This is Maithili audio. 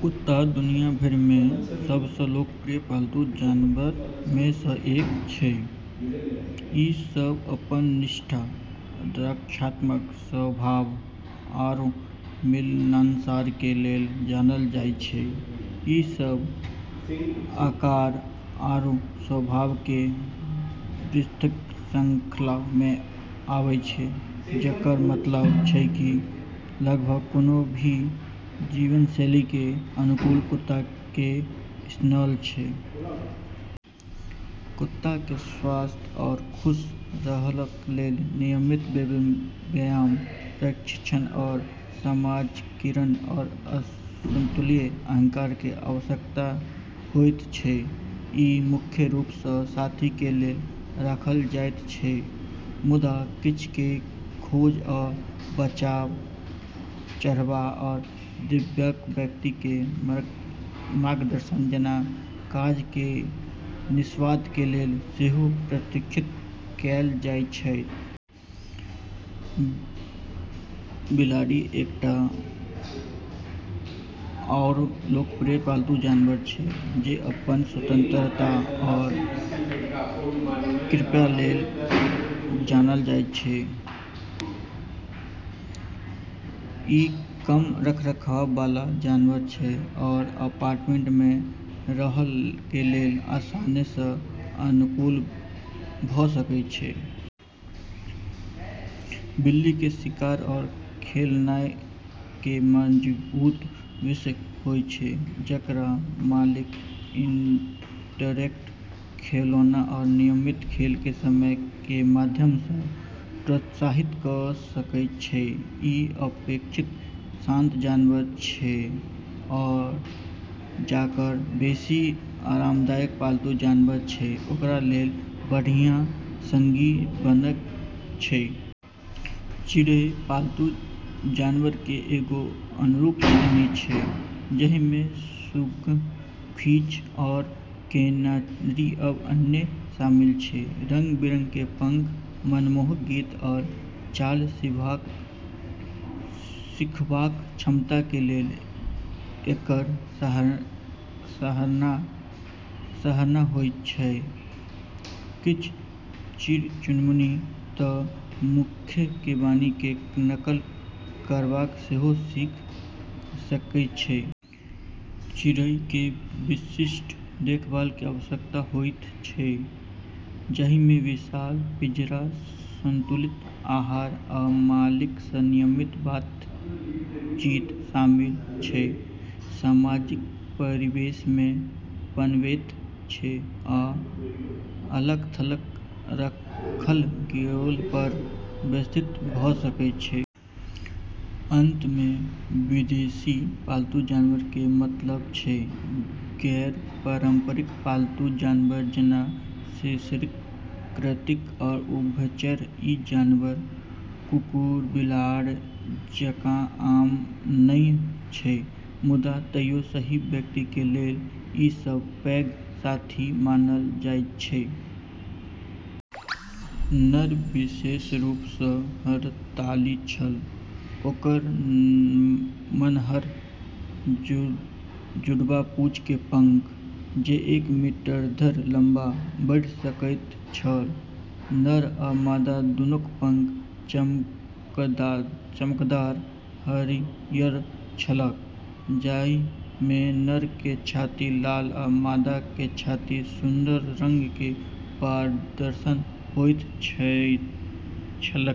कुत्ता दुनिया भरि में सब सँ लोकप्रिय पालतू जानवर में सँ एक अछि। ई सब अपन निष्ठा, रक्षात्मक स्वभाव, आरू मिलनसार के लेल जानल जाय छै। ई सब आकार आरू स्वभाव के विस्तृत श्रृंखला में आबै छै, जेकर मतलब छै कि लगभग कोनो भी जीवनशैली के अनुकूल कुत्ता के नस्ल छै। कुत्ता के स्वस्थ आ खुश रहय लेल नियमित व्यायाम, प्रशिक्षण आ समाजीकरण, आ संतुलित आहार के आवश्यकता होयत छै। ई मुख्य रूप सँ साथी के लेल राखल जायत छै, मुदा किछु के खोज आ बचाव, चरबाह, आ दिव्यांग व्यक्ति के मार्गदर्शन जैना काज के निष्पादन के लेल सेहो प्रशिक्षित कएल जाइत छै। बिलाड़ि एकटा आओर लोकप्रिय पालतू जानवर अछि, जे अपन स्वतंत्रता आ कृपा लेल जानल जाइत अछि। ई कम रखरखाव वाला जानवर छै आ अपार्टमेंट में रहय के लेल आसानी सँ अनुकूल भऽ सकय छै। बिल्ली के शिकार आ खेलनाय के मजबूत वृत्ति होयत छै, जेकरा मालिक इंटरैक्टिव खिलौना आ नियमित खेल के समय के माध्यम सँ प्रोत्साहित क' सकैत छै। ई अपेक्षाकृत शांत जानवर छै आ जकरा बेशी आरामदायक पालतू जानवर चाही ओकरा लेल बढ़िया संगी बनै छै। चिड़ै पालतू जानवर के एगो आरू श्रेणी छै, जाहिमें सुग्गा, फिंच, आ कैनरी एवं अन्य शामिल छै। रंग-बिरंग के पंख, मनमोहक गीत, आ चाल सीखबाक क्षमता के लेल एकर सराहना होइत छैक। किछु चिड़ै-चुनमुनी तऽ मनुक्ख के वाणी के नकल करब सेहो सीखि सकैत छै। चिड़ै के विशिष्ट देखभाल के आवश्यकता होइत छै, जहि में विशाल पिंजरा, संतुलित आहार, आ मालिक सँ नियमित बातचीत शामिल छै। सामाजिक परिवेश में पनपैत छै आ अलग-थलग राखल गेला पर व्यथित भऽ सकैत छै। अंत में, विदेशी पालतू जानवर के मतलब छै गैर-पारंपरिक पालतू जानवर जेना सरीसृप, कृंतक, आ उभयचर। ई जानवर कुकुर-बिलाड़ि जकाँ आम नहि अछि, मुदा तइयो सही व्यक्ति के लेल ई सभ पैघ साथी बनबैत छै। नर विशेष रूप सँ हड़ताली छल, ओकर नमहर, जुड़वाँ पूँछ के पंख जे एक मीटर धरि लम्बा बढ़ि सकैत छल। नर आ मादा दूनूक पंख चमकदार हरियर छलैक, जाहि में नर के छाती लाल आ मादा के छाती धूसर रंग के प्रदर्शन होइत छलैक।